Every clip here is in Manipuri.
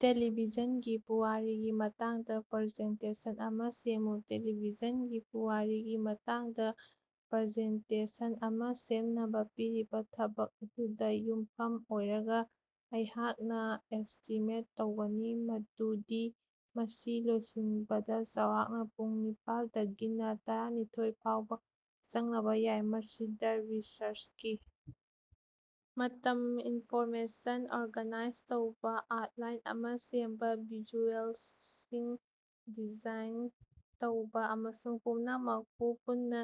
ꯇꯦꯂꯤꯚꯤꯖꯟꯒꯤ ꯄꯨꯋꯥꯔꯤꯒꯤ ꯃꯇꯥꯡꯗ ꯄ꯭ꯔꯖꯦꯟꯇꯦꯁꯟ ꯑꯃ ꯁꯦꯝꯃꯨ꯫ ꯇꯦꯂꯤꯚꯤꯖꯟꯒꯤ ꯄꯨꯋꯥꯔꯤꯒꯤ ꯃꯇꯥꯡꯗ ꯄ꯭ꯔꯖꯦꯟꯇꯦꯁꯟ ꯑꯃ ꯁꯦꯝꯅꯕꯥ ꯄꯤꯔꯤꯕ ꯊꯕꯛ ꯑꯗꯨꯗ ꯌꯨꯝꯐꯝ ꯑꯣꯏꯔꯒ ꯑꯩꯍꯥꯛꯅ ꯑꯦꯁꯇꯤꯃꯦꯠ ꯇꯧꯒꯅꯤ ꯃꯗꯨꯗꯤ ꯃꯁꯤ ꯂꯣꯏꯁꯤꯟꯕꯗꯥ ꯆꯥꯎꯔꯥꯛꯅ ꯄꯨꯡ ꯅꯤꯄꯥꯜ ꯗꯒꯤꯅ ꯇꯔꯥꯅꯤꯊꯣꯏ ꯐꯥꯎꯕꯥ ꯆꯪꯂꯕ ꯌꯥꯏ꯫ ꯃꯁꯤꯗ ꯔꯤꯁ꯭ꯔꯆꯀꯤ ꯃꯇꯝ, ꯏꯟꯐꯣꯔꯃꯦꯁꯟ ꯑꯣꯔꯒꯅꯥꯏꯖ ꯇꯧꯕ, ꯑꯥꯎꯠꯂꯥꯏꯟ ꯑꯃ ꯁꯦꯝꯕ, ꯚꯤꯖꯨꯑꯦꯜꯁꯤꯡ ꯗꯤꯖꯥꯏꯟ ꯇꯧꯕ ꯑꯃꯁꯨꯡ ꯄꯨꯝꯅꯃꯛꯄꯨ ꯄꯨꯟꯅ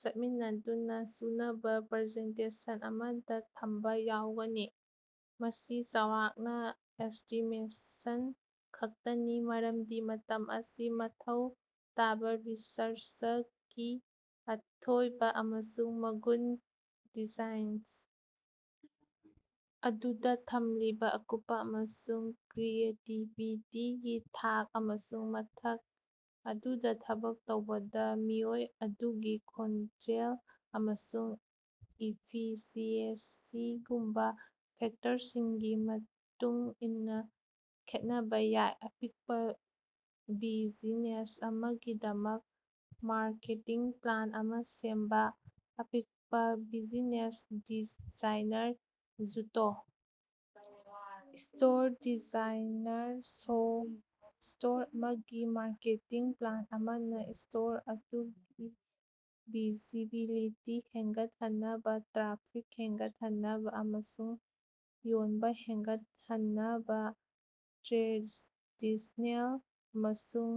ꯆꯠꯃꯤꯟꯅꯗꯨꯅ ꯆꯨꯅꯕ ꯄ꯭ꯔꯖꯦꯟꯇꯦꯁꯟ ꯑꯃꯗ ꯊꯝꯕ ꯌꯥꯎꯒꯅꯤ꯫ ꯃꯁꯤ ꯆꯥꯎꯔꯥꯛꯅ ꯑꯦꯁꯇꯤꯃꯦꯁꯟ ꯈꯛꯇꯅꯤ ꯃꯔꯝꯗꯤ ꯃꯇꯝ ꯑꯁꯤ ꯃꯊꯧ ꯇꯥꯕ ꯔꯤꯁ꯭ꯔꯆꯀꯤ ꯑꯊꯣꯏꯕ ꯑꯃꯁꯨꯡ ꯃꯒꯨꯟ, ꯗꯤꯖꯥꯏꯟ ꯑꯗꯨꯗ ꯊꯝꯂꯤꯕ ꯑꯀꯨꯞꯄ ꯑꯃꯁꯨꯡ ꯀ꯭ꯔꯤꯌꯦꯇꯤꯕꯤꯇꯤꯒꯤ ꯊꯥꯛ, ꯑꯃꯁꯨꯡ ꯊꯕꯛ ꯑꯗꯨꯗ ꯊꯕꯛ ꯇꯧꯕꯗ ꯃꯤꯑꯣꯏ ꯑꯗꯨꯒꯤ ꯈꯣꯡꯖꯦꯜ ꯑꯃꯁꯨꯡ ꯏꯐꯤꯁꯤꯑꯦꯟꯁꯤꯒꯨꯝꯕꯥ ꯐꯦꯛꯇꯔꯁꯤꯡꯒꯤ ꯃꯇꯨꯡ ꯏꯟꯅ ꯈꯦꯠꯅꯕꯥ ꯌꯥꯏ꯫ ꯑꯄꯤꯛꯄ ꯕꯤꯖꯤꯅꯦꯁ ꯑꯃꯒꯤꯗꯃꯛ ꯃꯥꯔꯀꯦꯇꯤꯡ ꯄ꯭ꯂꯥꯟ ꯑꯃ ꯁꯦꯝꯕ꯫ ꯑꯄꯤꯛꯄ ꯕꯤꯖꯤꯅꯦꯁ - ꯗꯤꯖꯥꯏꯅꯔ ꯖꯨꯇꯣ ꯁ꯭ꯇꯣꯔ꯫ ꯗꯤꯖꯥꯏꯅꯔ ꯁꯣ ꯁ꯭ꯇꯣꯔ ꯑꯃꯒꯤ ꯃꯥꯔꯀꯦꯇꯤꯡ ꯄ꯭ꯂꯥꯟ ꯑꯃꯅ ꯁ꯭ꯇꯣꯔ ꯑꯗꯨꯒꯤ ꯚꯤꯖꯤꯕꯤꯂꯤꯇꯤ ꯍꯦꯟꯒꯠꯍꯟꯅꯕꯥ, ꯇ꯭ꯔꯥꯐꯤꯛ ꯍꯦꯟꯒꯠꯍꯟꯅꯕꯥ ꯑꯃꯁꯨꯡ ꯌꯣꯟꯕ ꯍꯦꯟꯒꯠꯍꯟꯅꯕꯥ ꯇ꯭ꯔꯦꯗꯤꯁꯅꯦꯜ ꯑꯃꯁꯨꯡ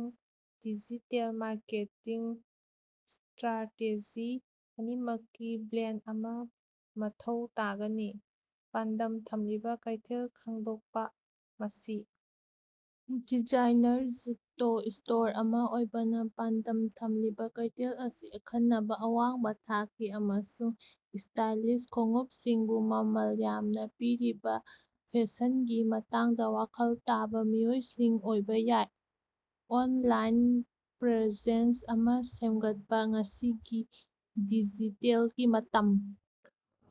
ꯗꯤꯖꯤꯇꯦꯜ ꯃꯥꯔꯀꯦꯇꯤꯡ ꯁ꯭ꯇꯔꯥꯇꯦꯖꯤ ꯑꯅꯤꯃꯛꯀꯤ ꯕ꯭ꯂꯦꯟꯗ ꯑꯃ ꯃꯊꯧ ꯇꯥꯒꯅꯤ꯫ ꯄꯥꯟꯗꯝ ꯊꯝꯂꯤꯕ ꯀꯩꯊꯦꯜ ꯈꯪꯗꯣꯛꯄ - ꯃꯁꯤ ꯗꯤꯖꯥꯏꯅꯔ ꯖꯨꯇꯣ ꯁ꯭ꯇꯣꯔ ꯑꯃ ꯑꯣꯏꯕꯅ ꯄꯥꯟꯗꯝ ꯊꯝꯂꯤꯕ ꯀꯩꯊꯦꯜ ꯑꯁꯤ ꯑꯈꯟꯅꯕꯥ, ꯑꯋꯥꯡꯕ ꯊꯥꯛꯀꯤ ꯑꯃꯁꯨꯡ ꯁ꯭ꯇꯥꯏꯂꯤꯁ ꯈꯣꯡꯎꯞꯁꯤꯡꯕꯨ ꯃꯃꯜ ꯌꯥꯝꯅ ꯄꯤꯔꯤꯕ ꯐꯦꯁꯟꯒꯤ ꯃꯇꯥꯡꯗ‌ ꯋꯥꯈꯜ ꯇꯥꯕ ꯃꯤꯑꯣꯏꯁꯤꯡ ꯑꯣꯏꯕ ꯌꯥꯏ꯫ ꯑꯣꯟꯂꯥꯏꯟ ꯄ꯭ꯔꯦꯖꯦꯟꯁ ꯑꯃ ꯁꯦꯝꯒꯠꯄ - ꯉꯁꯤꯒꯤ ꯗꯤꯖꯤꯇꯦꯜꯒꯤ ꯃꯇꯝ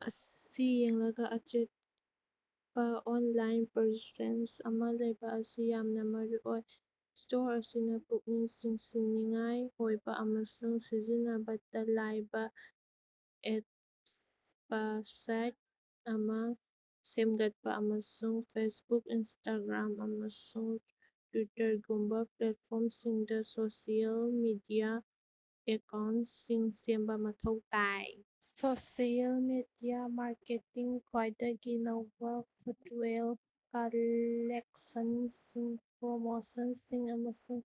ꯑꯁꯤ ꯌꯦꯡꯂꯒꯥ, ꯑꯆꯦꯠꯄ ꯑꯣꯟꯂꯥꯏꯟ ꯄ꯭ꯔꯦꯖꯦꯟꯁ ꯑꯃ ꯂꯩꯕ ꯑꯁꯤ ꯌꯥꯝꯅ ꯃꯔꯨꯑꯣꯏ꯫ ꯁ꯭ꯇꯣꯔ ꯑꯁꯤꯅ ꯄꯨꯛꯅꯤꯡ ꯆꯤꯡꯁꯤꯟꯅꯤꯡꯉꯥꯏ ꯑꯣꯏꯕ ꯑꯃꯁꯨꯡ ꯁꯤꯖꯤꯟꯅꯕꯗ ꯂꯥꯏꯕ ꯋꯦꯕꯁꯥꯏꯠ ꯑꯃ ꯁꯦꯝꯒꯠꯄ ꯑꯃꯁꯨꯡ ꯐꯦꯁꯕꯨꯛ, ꯏꯟꯁꯇꯥꯒ꯭ꯔꯥꯝ, ꯑꯃꯁꯨꯡ ꯇ꯭ꯌꯨꯇꯔꯒꯨꯝꯕ ꯄ꯭ꯂꯦꯠꯐꯣ꯭ꯔꯝꯁꯤꯡꯗ ꯁꯣꯁꯤꯑꯦꯜ ꯃꯤꯗꯤꯌꯥ ꯑꯦꯀꯥꯎꯟꯇꯁꯤꯡ ꯁꯦꯝꯕ ꯃꯊꯧ ꯇꯥꯏ꯫ ꯁꯣꯁꯤꯑꯦꯜ ꯃꯤꯗꯤꯌꯥ ꯃꯥꯔꯀꯦꯇꯤꯡ - ꯈ꯭ꯋꯥꯏꯗꯒꯤ ꯅꯧꯕ ꯐꯨꯇꯋꯦꯌꯔ ꯀꯥꯂꯦꯛꯁꯟꯁꯤꯡ, ꯄ꯭ꯔꯃꯣꯁꯟꯁꯤꯡ, ꯑꯃꯁꯨꯡ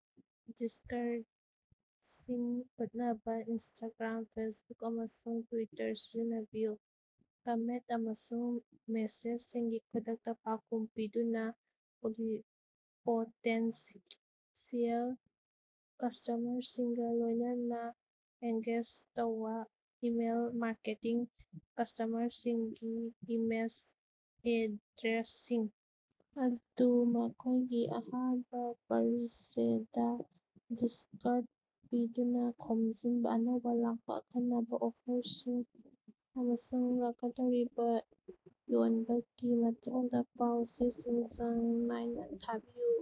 ꯗꯤꯁꯀꯥꯎꯟꯇꯁꯤꯡ ꯎꯠꯅꯕꯥ ꯏꯟꯁꯇꯥꯒ꯭ꯔꯥꯝ, ꯐꯦꯁꯕꯨꯛ, ꯑꯃꯁꯨꯡ ꯇ꯭ꯌꯨꯇꯔ ꯁꯤꯖꯤꯟꯅꯕꯤꯌꯨ꯫ ꯀꯥꯃꯦꯟꯇ ꯑꯃꯁꯨꯡ ꯃꯦꯁꯦꯖꯁꯤꯡꯒꯤ ꯈꯨꯗꯛꯇ ꯄꯥꯎꯈꯨꯝ ꯄꯤꯗꯨꯅ ꯄꯣꯇꯦꯟꯁꯤꯑꯦꯜ ꯀꯁ꯭ꯇꯃꯔꯁꯤꯡꯒ ꯂꯣꯏꯅꯅꯥ ꯑꯦꯡꯒꯦꯖ ꯇꯧꯕ꯫ ꯏꯃꯦꯜ ꯃꯥꯔꯀꯦꯇꯤꯡ -ꯀꯁ꯭ꯇꯃꯔꯁꯤꯡꯒꯤ ꯏꯃꯦꯏꯜ ꯑꯦꯗ꯭ꯔꯦꯁꯁꯤꯡ ꯑꯗꯨ ꯃꯈꯣꯏꯒꯤ ꯑꯍꯥꯟꯕ ꯄꯔꯆꯦꯖꯗꯥ ꯗꯤꯁꯀꯥꯎꯟꯇ ꯄꯤꯗꯨꯅ ꯈꯣꯝꯖꯤꯟꯕ꯫ ꯑꯅꯧꯕ ꯂꯥꯛꯄ, ꯑꯈꯟꯅꯕꯥ ꯑꯣꯐꯔꯁꯤꯡ, ꯑꯃꯁꯨꯡ ꯂꯥꯛꯀꯗꯧꯔꯤꯕ ꯌꯣꯟꯕꯒꯤ ꯃꯇꯥꯡꯗ ꯄꯥꯎ-ꯆꯦꯁꯤꯡ ꯆꯥꯡ ꯅꯥꯏꯅ ꯊꯥꯕꯤꯌꯨ꯫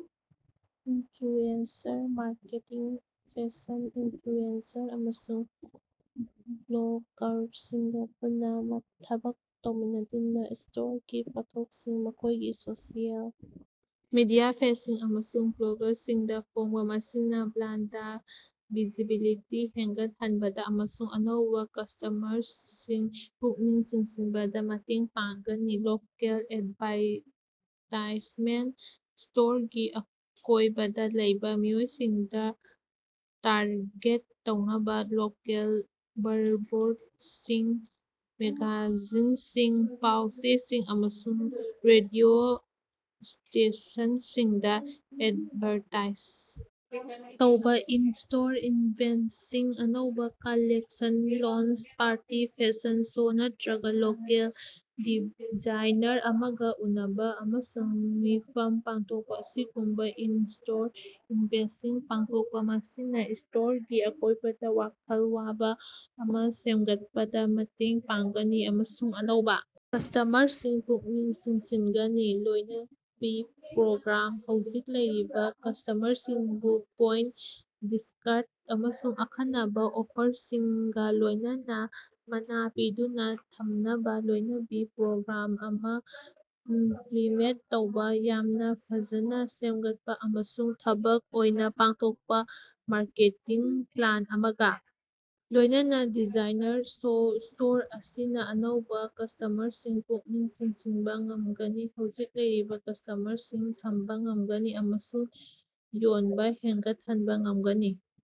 ꯏꯟꯐ꯭ꯂꯨꯑꯦꯟꯁꯔ ꯃꯥꯔꯀꯦꯇꯤꯡ - ꯐꯦꯁꯟ ꯏꯟꯐ꯭ꯂꯨꯑꯦꯟꯁꯔ ꯑꯃꯁꯨꯡ ꯕ꯭ꯂꯣꯒꯥꯔꯁꯤꯡꯒ ꯄꯨꯟꯅ ꯊꯕꯛ ꯇꯧꯃꯤꯟꯅꯗꯨꯅ ꯁ꯭ꯇꯣꯔꯒꯤ ꯄꯣꯠꯊꯣꯠꯁꯤꯡ ꯃꯈꯣꯏꯒꯤ ꯁꯣꯁꯤꯑꯦꯜ ꯃꯤꯗꯤꯌꯥ ꯄꯦꯖꯁꯤꯡ ꯑꯃꯁꯨꯡ ꯕ꯭ꯂꯣꯒꯁꯤꯡꯗ ꯐꯣꯡꯕ꯫ ꯃꯁꯤꯅ ꯕ꯭ꯔꯥꯟꯗ ꯚꯤꯖꯤꯕꯤꯂꯤꯇꯤ ꯍꯦꯟꯒꯠꯍꯟꯕꯗ ꯑꯃꯁꯨꯡ ꯑꯅꯧꯕ ꯀꯁ꯭ꯇꯃꯔꯁꯤꯡ ꯄꯨꯛꯅꯤꯡ ꯆꯤꯡꯁꯤꯟꯕꯗ ꯃꯇꯦꯡ ꯄꯥꯡꯒꯅꯤ꯫ ꯂꯣꯀꯦꯜ ꯑꯦꯗꯚꯥꯔꯇꯥꯏꯖꯃꯦꯟꯇ - ꯁ꯭ꯇꯣꯔꯒꯤ ꯑꯀꯣꯏꯕꯗꯥ ꯂꯩꯕ ꯃꯤꯑꯣꯏꯁꯤꯡꯗ ꯇꯥꯔꯒꯦꯠ ꯇꯧꯅꯕ ꯂꯣꯀꯦꯜ ꯕꯤꯜꯕꯣꯔꯗꯁꯤꯡ, ꯃꯦꯒꯥꯖꯤꯟꯁꯤꯡ, ꯄꯥꯎ-ꯆꯦꯁꯤꯡ, ꯑꯃꯁꯨꯡ ꯔꯦꯗꯤꯑꯣ ꯁ꯭ꯇꯦꯁꯟꯁꯤꯡꯗ ꯑꯦꯗꯚꯥꯔꯇꯥꯏꯖ ꯇꯧꯕ꯫ ꯏꯟ-ꯁ꯭ꯇꯣꯔ ꯏꯚꯦꯟꯇꯁꯤꯡ - ꯑꯅꯧꯕ collection launch party, fashion show, ꯅꯠꯇꯔꯒ ꯂꯣꯀꯦꯜ ꯗꯤꯖꯥꯏꯅꯔ ꯑꯃꯒ ꯎꯅꯕꯥ ꯑꯃꯁꯨꯡ ꯃꯤꯐꯝ ꯄꯥꯡꯊꯣꯛꯄ ꯑꯁꯤꯒꯨꯝꯕ ꯏꯟ-ꯁ꯭ꯇꯣꯔ ꯏꯚꯦꯟꯇꯁꯤꯡ ꯄꯥꯡꯊꯣꯛꯄ꯫ ꯃꯁꯤꯅ ꯁ꯭ꯇꯣꯔꯒꯤ ꯑꯀꯣꯏꯕꯗꯥ ꯋꯥꯈꯜ ꯋꯥꯕ ꯑꯃ ꯁꯦꯝꯒꯠꯄꯗ ꯃꯇꯦꯡ ꯄꯥꯡꯒꯅꯤ ꯑꯃꯁꯨꯡ ꯑꯅꯧꯕ ꯀꯁ꯭ꯇꯃꯔꯁꯤꯡ ꯄꯨꯛꯅꯤꯡ ꯆꯤꯡꯁꯤꯟꯒꯅꯤ꯫ ꯂꯣꯏꯅꯕꯤ ꯄ꯭ꯔꯣꯒ꯭ꯔꯥꯝ - ꯍꯧꯖꯤꯛ ꯂꯩꯔꯤꯕ ꯀꯁ꯭ꯇꯃꯔꯁꯤꯡꯕꯨ ꯄꯣꯏꯟꯇ, ꯗꯤꯁꯀꯥꯎꯟꯇ ꯑꯃꯁꯨꯡ ꯑꯈꯟꯅꯕ ꯑꯣꯐꯔꯁꯤꯡꯒ ꯂꯣꯏꯅꯅꯥ ꯃꯅꯥ ꯄꯤꯗꯨꯅ ꯊꯝꯅꯕꯥ ꯂꯣꯏꯅꯕꯤ ꯄ꯭ꯔꯣꯒ꯭ꯔꯥꯝ ꯑꯃ ꯏꯝꯄ꯭ꯂꯤꯃꯦꯟꯇ ꯇꯧꯕ꯫ ꯌꯥꯝꯅ ꯐꯖꯅ‌ ꯁꯦꯝꯒꯠꯄ ꯑꯃꯁꯨꯡ ꯊꯕꯛ ꯑꯣꯏꯅ ꯄꯥꯡꯊꯣꯛꯄ ꯃꯥꯔꯀꯦꯇꯤꯡ ꯄ꯭ꯂꯥꯟ ꯑꯃꯒ ꯂꯣꯏꯅꯅꯥ ꯗꯤꯖꯥꯏꯅꯔ ꯁꯣ ꯁ꯭ꯇꯣꯔ ꯑꯁꯤꯅ ꯑꯅꯧꯕ ꯀꯁ꯭ꯇꯃꯔꯁꯤꯡ ꯄꯨꯛꯅꯤꯡ ꯆꯤꯡꯁꯤꯟꯕ ꯉꯝꯒꯅꯤ, ꯍꯧꯖꯤꯛ ꯂꯩꯔꯤꯕ ꯀꯁ꯭ꯇꯃꯔꯁꯤꯡ ꯊꯝꯕ ꯉꯝꯒꯅꯤ ꯑꯃꯁꯨꯡ ꯌꯣꯟꯕ ꯍꯦꯟꯒꯠꯍꯟꯕ ꯉꯝꯒꯅꯤ꯫